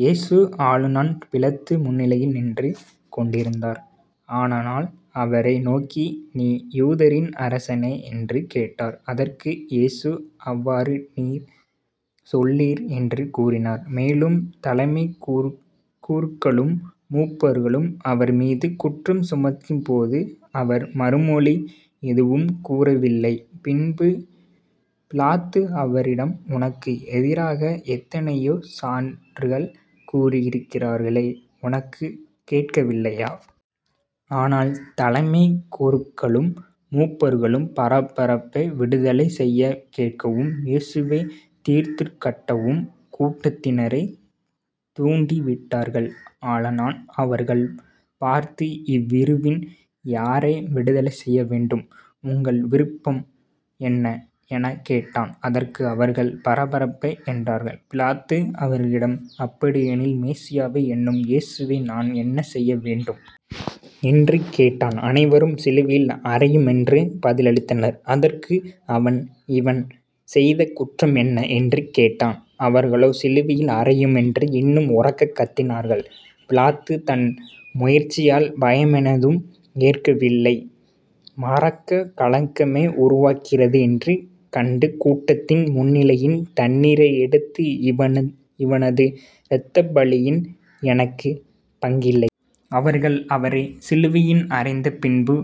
இயேசு ஆளுநன் பிலாத்து முன்னிலையில் நின்று கொண்டிருந்தார். ஆளநன் அவரை நோக்கி நீ யூதரின் அரசனா? என்று கேட்டான். அதற்கு இயேசு அவ்வாறு நீர் சொல்கிறீர் என்று கூறினார். மேலும் தலைமைக் குருக்களும் முப்பர்களும் அவர்மீதும் குற்றம் சுமத்தியபோது அவர் மறுமொழி எதுவும் கூறவில்லை. பின்பு பிலாத்து அவரிடம் உனக்கு எதிராக எத்தனையோ சான்றுகள் கூறுகிறார்களே உனக்குக் கேட்கவில்லையா? ஆனால் தலைமைக் குருக்களும் முப்பர்களும் பரபாவை விடுதலை செய்யக் கேட்கவும் இயேசுவைத் தீர்த்துக்கட்டவும் கூட்டத்தினரைத் தூண்டி விட்டார்கள். ஆளநன் அவர்களைப் பார்த்து இவ்விருவில் யாரை விடுதலை செய்யவேண்டும்? உங்கள் விருப்பம் என்ன? எனக் கேட்டான். அதற்கு அவர்கள் பரபாவை என்றார்கள். பிலாத்து அவர்களிடம் அப்படியானால் மெசியா என்னும் இயேசுவை நான் என்ன செய்ய வேண்டும்? என்று கேட்டான். அனைவரும் சிலுவையில் அறையும் என்று பதிலளித்தனர். அதற்கு அவன் இவன் செய்த குற்றம் என்ன? என்று கேட்டான். அவர்களோ சிலுவையில் அறையும் என்று இன்னும் உரக்கக் கத்தினார்கள். பிலாத்து தன் முயற்சியால் பயனேதும் ஏற்படவில்லை. மாறாகக் கலகமே உருவாகிறது என்று கண்டு கூட்டத்தின் முன்னிலையில் தண்ணீரை எடுத்து இவனது இரத்தப்பழியில் எனக்குப் பங்கில்லை. அவர்கள் அவரைச் சிலுவையில் அறைந்த பின்பு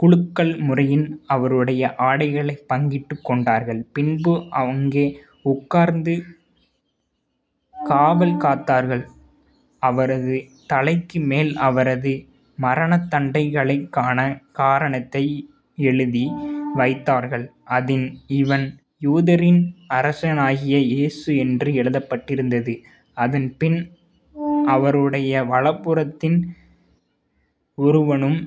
குலுக்கல் முறையில் அவருடைய ஆடைகளைப் பங்கிட்டுக்கொண்டார்கள் பின்பு அங்கே உட்கார்ந்து காவல் காத்தார்கள் அவரது தலைக்கு மேல் அவரது மரணதண்டனைக்கான காரணத்தை எழுதி வைத்தார்கள். அதில் இவன் யூதரின் அரசனாகிய இயேசு என்று எழுதப்பட்டிருந்தது. அதன்பின் அவருடைய வலப்புறம் ஒருவனும்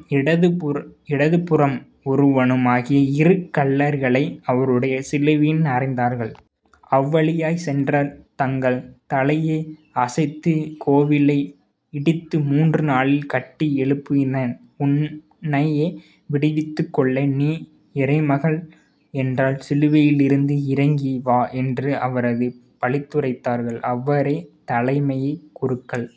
இடப்புறம் ஒருவனுமாக இரு கள்வர்களை அவருடன் சிலுவைகளில் அறைந்தார்கள். அவ்வழியே சென்றவர்கள் தங்கள் தலைகளை அசைத்து கோவிலை இடித்து மூன்று நாளில் கட்டி எழுப்புகிறவனே உன்னையே விடுவித்துக்கொள். நீ இறைமகன் என்றால் சிலுவையிலிருந்து இறங்கி வா என்று அவரைப் பழித்துரைத்தார்கள். அவ்வாறே தலைமைக் குருக்கள்,